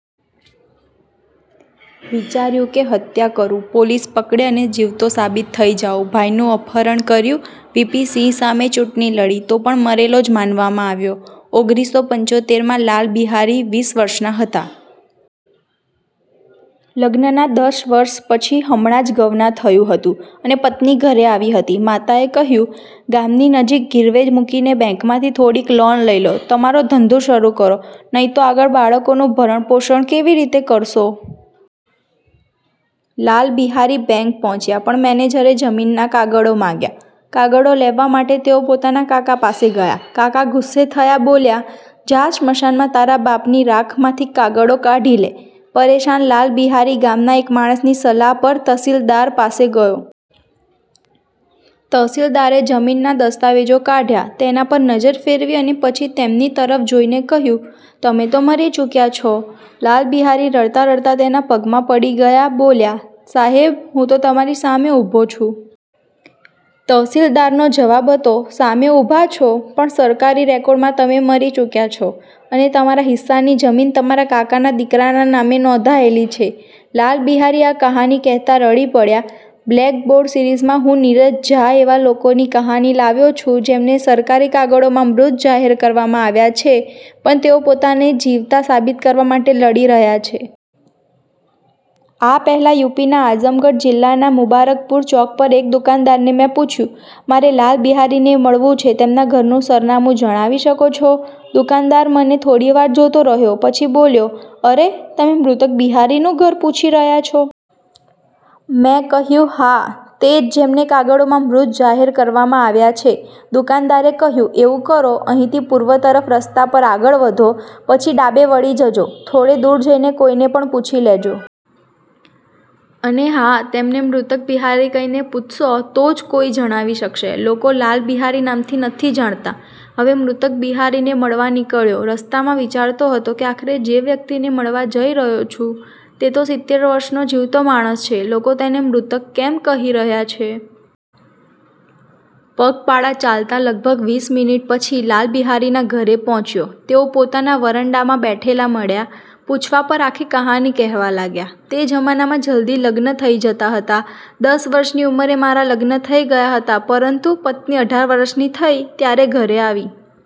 વિચાર્યું કે હત્યા કરું, પોલીસ પકડે અને જીવતો સાબિત થઈ જાઉં. ભાઈનું અપહરણ કર્યું, વીપી સિંહ સામે ચૂંટણી લડી, તો પણ મરેલો જ માનવામાં આવ્યો. ઓગરીસો પંચોતેર માં, લાલ બિહારી વીસ વર્ષના હતા. લગ્નના દસ વર્ષ પછી હમણાં જ ગવના થયું હતું, અને પત્ની ઘરે આવી હતી. માતાએ કહ્યું, "ગામની જમીન ગીરવે મૂકીને બેંકમાંથી થોડી લોન લઈ લો. તમારો ધંધો શરૂ કરો, નહીં તો આગળ બાળકોનું ભરણપોષણ કેવી રીતે કરશો?" લાલ બિહારી બેંક પહોંચ્યા, પણ મેનેજરે જમીનના કાગળો માંગ્યા. કાગળો લેવા માટે તેઓ પોતાના કાકા પાસે ગયા. કાકા ગુસ્સે થયા. બોલ્યા, "જા, સ્મશાનમાં તારા બાપની રાખમાંથી કાગળો કાઢી લે." પરેશાન લાલ બિહારી ગામના એક માણસની સલાહ પર તહસીલદાર પાસે ગયો. તહસીલદારે જમીનના દસ્તાવેજો કાઢ્યા, તેના પર નજર ફેરવી અને પછી તેમની તરફ જોઈને કહ્યું,"તમે તો મરી ચૂક્યા છો!" લાલ બિહારી રડતા-રડતા તેના પગમાં પડી ગયા, બોલ્યા, "સાહેબ, હું તો તમારી સામે ઊભો છું." તહસીલદારનો જવાબ હતો, "સામે ઊભા છો, પણ સરકારી રેકોર્ડમાં તમે મરી ચૂક્યા છો, અને તમારા હિસ્સાની જમીન તમારા કાકાના દીકરાના નામે નોંધાયેલી છે." લાલ બિહારી આ કહાની કહેતા રડી પડ્યા. "બ્લેકબોર્ડ સિરીઝમાં હું નીરજ ઝા એવા લોકોની કહાની લાવ્યો છું, જેમને સરકારી કાગળોમાં મૃત જાહેર કરવામાં આવ્યા છે, પણ તેઓ પોતાને જીવતા સાબિત કરવા માટે લડી રહ્યા છે." આ પહેલાં, યુપીના આઝમગઢ જિલ્લાના મુબારકપુર ચોક પર એક દુકાનદારને મેં પૂછ્યું, "મારે લાલ બિહારીને મળવું છે, તેમના ઘરનું સરનામું જણાવી શકો છો?" દુકાનદાર મને થોડીવાર જોતો રહ્યો, પછી બોલ્યો, "અરે! તમે 'મૃતક બિહારી' નું ઘર પૂછી રહ્યા છો?" મેં કહ્યું, "હા, તે જ જેમને કાગળોમાં મૃત જાહેર કરવામાં આવ્યા છે." દુકાનદારે કહ્યું,"એવું કરો, અહીંથી પૂર્વ તરફ રસ્તા પર આગળ વધો, પછી ડાબે વળી જજો. થોડે દૂર જઈને કોઈને પણ પૂછી લેજો. અને હા, તેમને 'મૃતક બિહારી' કહીને પૂછશો તો જ કોઈ જણાવી શકશે. લોકો 'લાલ બિહારી' નામથી નથી જાણતા." હવે 'મૃતક બિહારી' ને મળવા નીકળ્યો. રસ્તામાં વિચારતો હતો કે "આખરે જે વ્યક્તિને મળવા જઈ રહ્યો છું, તે તો સીતેર વર્ષનો જીવતો માણસ છે, લોકો તેને 'મૃતક' કેમ કહી રહ્યા છે?" પગપાળા ચાલતા લગભગ વીસ મિનિટ પછી લાલ બિહારીના ઘરે પહોંચ્યો. તેઓ પોતાના વરંડામાં બેઠેલા મળ્યા. પૂછવા પર આખી કહાની કહેવા લાગ્યા, "તે જમાનામાં જલ્દી લગ્ન થઈ જતા હતા. દસ વર્ષની ઉંમરે મારા લગ્ન થઈ ગયા હતા, પરંતુ પત્ની અઢાર વર્ષની થઈ, ત્યારે ઘરે આવી.